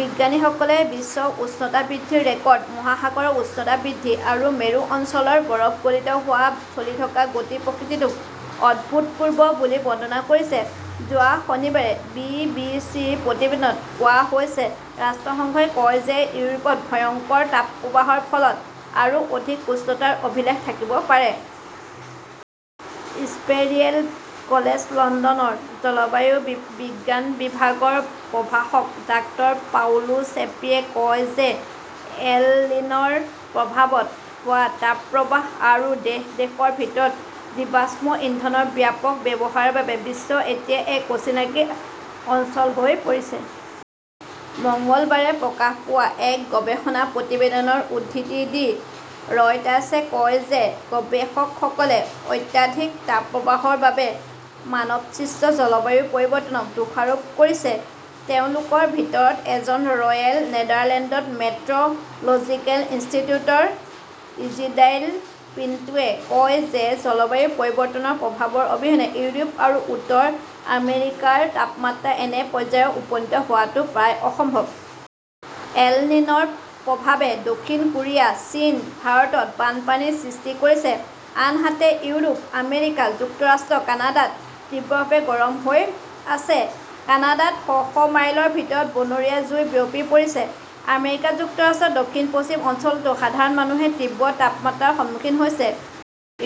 বিজ্ঞানীসকলে বিশ্ব উষ্ণতা বৃদ্ধিৰ ৰেকৰ্ড, মহাসাগৰৰ উষ্ণতা বৃদ্ধি আৰু মেৰু অঞ্চলৰ বৰফ গলিত হোৱাৰ চলি থকা গতি-প্ৰকৃতিটোক "অভূতপূৰ্ব" বুলি বৰ্ণনা কৰিছে, যোৱা শনিবাৰে বি. বি. চি. -ৰ প্ৰতিবেদনত কোৱা হৈছে। ৰাষ্ট্ৰসংঘই কয় যে ইউৰোপত ভয়ংকৰ তাপপ্ৰবাহৰ ফলত আৰু অধিক উষ্ণতাৰ অভিলেখ থাকিব পাৰে। ইম্পেৰিয়েল কলেজ লণ্ডনৰ জলবায়ু বিজ্ঞান বিভাগৰ প্ৰভাষক ডাঃ পাওলো ছেপ্পিয়ে কয় যে এল নিন "ৰ প্ৰভাৱত হোৱা তাপপ্ৰবাহ আৰু দেশ-দেশৰ ভিতৰত জীৱাশ্ম ইন্ধনৰ ব্যাপক ব্যৱহাৰৰ বাবে 'বিশ্ব এতিয়া এক অচিনাকি অঞ্চল হৈ পৰিছে"। মঙলবাৰে প্ৰকাশ পোৱা এক গৱেষণা প্ৰতিবেদনৰ উদ্ধৃতি দি ৰয়টাৰ্ছে কয় যে গৱেষকসকলে অত্যাধিক তাপপ্ৰবাহৰ বাবে মানৱসৃষ্ট জলবায়ু পৰিৱৰ্তনক দোষাৰোপ কৰিছে। তেওঁলোকৰ ভিতৰত এজন ৰয়েল নেদাৰলেণ্ডছ মেট্ৰ "লজিকেল ইনষ্টিটিউটৰ ইজিদাইন পিন্টোৱে কয় যে জলবায়ু পৰিৱৰ্তনৰ প্ৰভাৱ অবিহনে ইউৰোপ আৰু উত্তৰ আমেৰিকাৰ তাপমাত্ৰা এনে পৰ্যায়ত উপনীত হোৱাটো প্ৰায় অসম্ভৱ। এল নিন "ৰ প্ৰভাৱে দক্ষিণ কোৰিয়া, চীন, ভাৰতত বানপানীৰ সৃষ্টি কৰিছে। আনহাতে, ইউৰোপ, আমেৰিকা যুক্তৰাষ্ট্ৰ, কানাডাত তীব্ৰভাৱে গৰম হৈ আছে। কানাডাত শ শ মাইলৰ ভিতৰত বনৰীয়া জুই বিয়পি পৰিছে। আমেৰিকা যুক্তৰাষ্ট্ৰৰ দক্ষিণ-পশ্চিম অঞ্চলতো সাধাৰণ মানুহে তীব্ৰ তাপমাত্ৰাৰ সন্মুখীন হৈছে।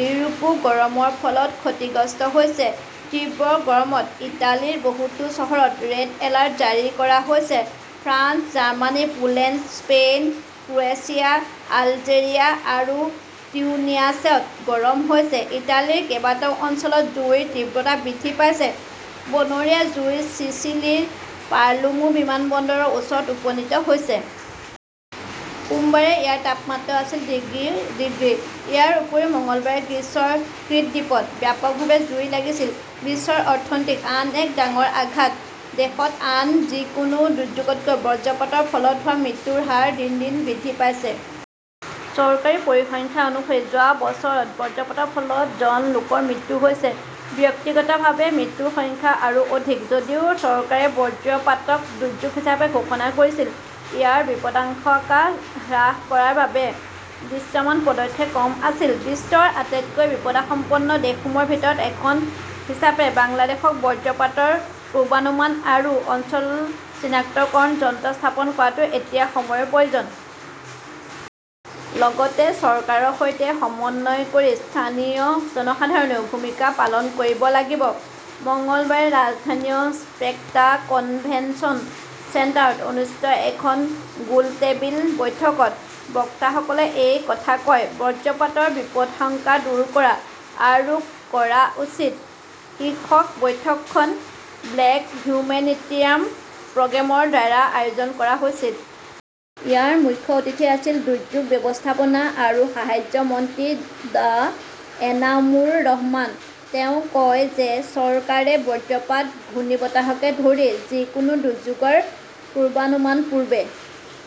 ইউৰোপও গৰমৰ ফলত ক্ষতিগ্ৰস্ত হৈছে। তীব্ৰ গৰমত ইটালীৰ বহুতো চহৰত ৰেড এলাৰ্ট জাৰি কৰা হৈছে। France, Germany, Poland, Spain, Croatia, Algeria আৰু টিউনিছিয়াত গৰম হৈছে। ইটালীৰ কেইবাটাও অঞ্চলত জুইৰ তীব্ৰতা বৃদ্ধি পাইছে। বনৰীয়া জুই চিচিলিৰ পালেৰ্মো বিমানবন্দৰৰ ওচৰত উপনীত হৈছে। সোমবাৰে ইয়াৰ তাপমাত্ৰা আছিল ডিগ্ৰী ডিগ্ৰী। ইয়াৰ উপৰিও মঙলবাৰে গ্ৰীচৰ ক্ৰিট দ্বীপত ব্যাপকভাৱে জুই লাগিছিল। বিশ্ব অৰ্থনীতিত আন এক ডাঙৰ আঘাত দেশত আন যিকোনো দুৰ্যোগতকৈ বজ্ৰপাতৰ ফলত হোৱা মৃত্যুৰ হাৰ দিন দিন বৃদ্ধি পাইছে। চৰকাৰী পৰিসংখ্যা অনুসৰি যোৱা বছৰত বজ্ৰপাতৰ ফলত জন লোকৰ মৃত্যু হৈছে। ব্যক্তিগতভাৱে মৃত্যুৰ সংখ্যা আৰু অধিক। যদিও চৰকাৰে বজ্ৰপাতক দুৰ্যোগ হিচাপে ঘোষণা কৰিছিল, ইয়াৰ বিপদাশংকা হ্ৰাস কৰাৰ বাবে দৃশ্যমান পদক্ষেপ কম আছিল। বিশ্বৰ আটাইতকৈ বিপদাপন্ন দেশসমূহৰ ভিতৰত এখন হিচাপে বাংলাদেশত বজ্ৰপাতৰ পূৰ্বানুমান আৰু অঞ্চল চিনাক্তকৰণ যন্ত্ৰ স্থাপন কৰাটো এতিয়া সময়ৰ প্ৰয়োজন। লগতে চৰকাৰৰ সৈতে সমন্বয় কৰি স্থানীয় জনসাধাৰণেও ভূমিকা পালন কৰিব লাগিব। মঙলবাৰে ৰাজধানীৰ স্পেক্ট্ৰা কনভেনচন চেণ্টাৰত অনুষ্ঠিত এখন গোলটেবিল বৈঠকত বক্তাসকলে এই কথা কয়। 'বজ্ৰপাতৰ বিপদাশংকা দূৰ কৰা আৰু কৰা উচিত "শীৰ্ষক বৈঠকখন ব্ৰেক হিউমেনিটৰিয়ান প্ৰগ্ৰেমৰ দ্বাৰা আয়োজন কৰা হৈছিল। ইয়াৰ মুখ্য অতিথি আছিল দুৰ্যোগ ব্যৱস্থাপনা আৰু সাহায্য মন্ত্ৰী ড। এনামুৰ ৰহমান। তেওঁ কয় যে চৰকাৰে বজ্ৰপাত, ঘূৰ্ণীবতাহকে ধৰি যিকোনো দুৰ্যোগৰ পূৰ্বানুমান পূৰ্বে